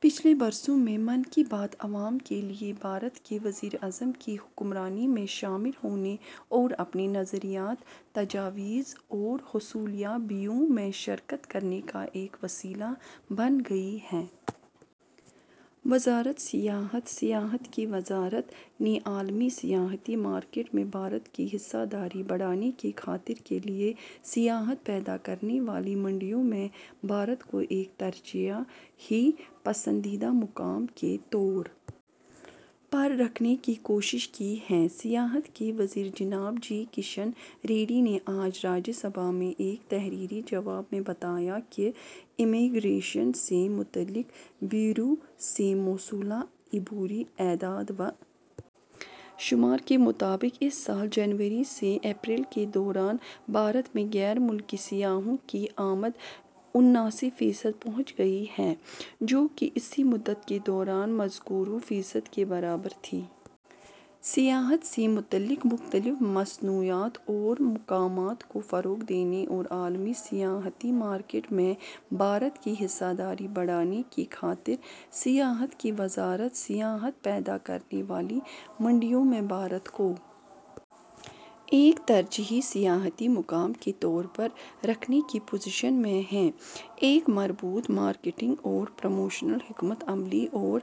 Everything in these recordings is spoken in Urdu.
پچھلے برسوں میں من کی بات عوام کے لیے بھارت کے وزیر اعظم کی حکمرانی میں شامل ہونے اور اپنے نظریات تجاویز اور حصولیابیوں میں شرکت کرنے کا ایک وسیلہ بن گئی ہے وزارت سیاحت سیاحت کی وزارت نے عالمی سیاحتی مارکیٹ میں بھارت کی حصہ داری بڑھانے کی خاطر کے لیے سیاحت پیدا کرنے والی منڈیوں میں بھارت کو ایک ترجیحی پسندیدہ مقام کے طور پر رکھنے کی کوشش کی ہے سیاحت کے وزیر جناب جی کشن ریڈی نے آج راجیہ سبھا میں ایک تحریری جواب میں بتایا کہ امیگریشن سے متعلق بیورو سے موصولہ عبوری اعداد و شمار کے مطابق اس سال جنوری سے اپریل کے دوران بھارت میں غیر ملکی سیاحوں کی آمد اناسی فیصد پہنچ گئی ہے جو کہ اسی مدت کے دوران مذکورہ فیصد کے برابر تھی سیاحت سے متعلق مختلف مصنوعات اور مقامات کو فروغ دینے اور عالمی سیاحتی مارکیٹ میں بھارت کی حصہ داری بڑھانے کی خاطر سیاحت کی وزارت سیاحت پیدا کرنے والی منڈیوں میں بھارت کو ایک ترجیحی سیاحتی مقام کے طور پر رکھنے کی پوزیشن میں ہے ایک مربوط مارکیٹنگ اور پروموشنل حکمت عملی اور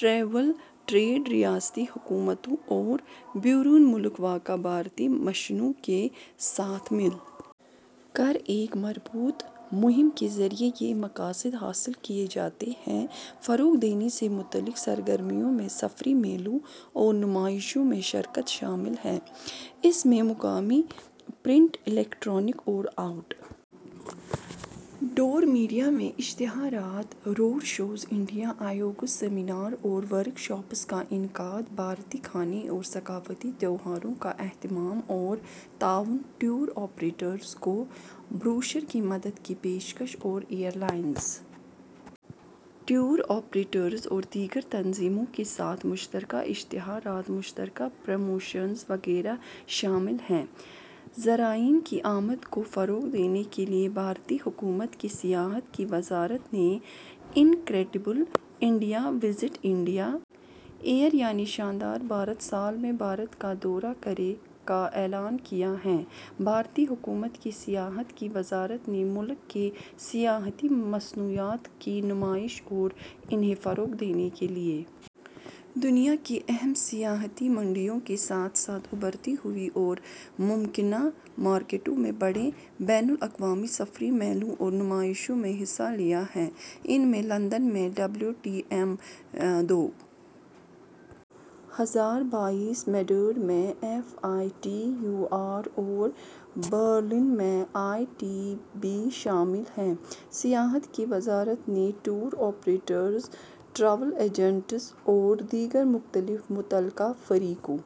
ٹریول ٹریڈ ریاستی حکومتوں اور بیرون ملک واقع بھارتی مشنوں کے ساتھ مل کر ایک مربوط مہم کے ذریعے یہ مقاصد حاصل کیے جاتے ہیں فروغ دینے سے متعلق سرگرمیوں میں سفری میلوں اور نمائشوں میں شرکت شامل ہے اس میں مقامی پرنٹ الیکٹرانک اور آؤٹ ڈور میڈیا میں اشتہارات road shows India evenings seminar اور ورکشاپس کا انعقاد بھارتی کھانے اور ثقافتی تہواروں کا اہتمام اور تعاون ٹور آپریٹرز کو بروشر کی مدد کی پیشکش اور ایئر لائنز ٹور آپریٹرز اور دیگر تنظیموں کے ساتھ مشترکہ اشتہارات مشترکہ پروموشنز وغیرہ شامل ہیں زائرین کی آمد کو فروغ دینے کے لیے بھارتی حکومت کی سیاحت کی وزارت نے incredible India visit India year یعنی شاندار بھارت سال میں بھارت کا دورہ کریں کا اعلان کیا ہے بھارتی حکومت کی سیاحت کی وزارت نے ملک کے سیاحتی مصنوعات کی نمائش اور انہیں فروغ دینے کے لیے دنیا کے اہم سیاحتی منڈیوں کے ساتھ ساتھ ابھرتی ہوئی اور ممکنہ مارکیٹوں میں بڑے بین الاقوامی سفری میلوں اور نمائشوں میں حصہ لیا ہے ان میں لندن میں ڈبلیو ٹی ایم دو ہزار بائیس میڈرڈ میں F I T U R اور برلن میں آئی ٹی بی شامل ہیں سیاحت کی وزارت نے ٹور آپریٹرز ٹریول ایجنٹس اور دیگر مختلف متعلقہ فریقوں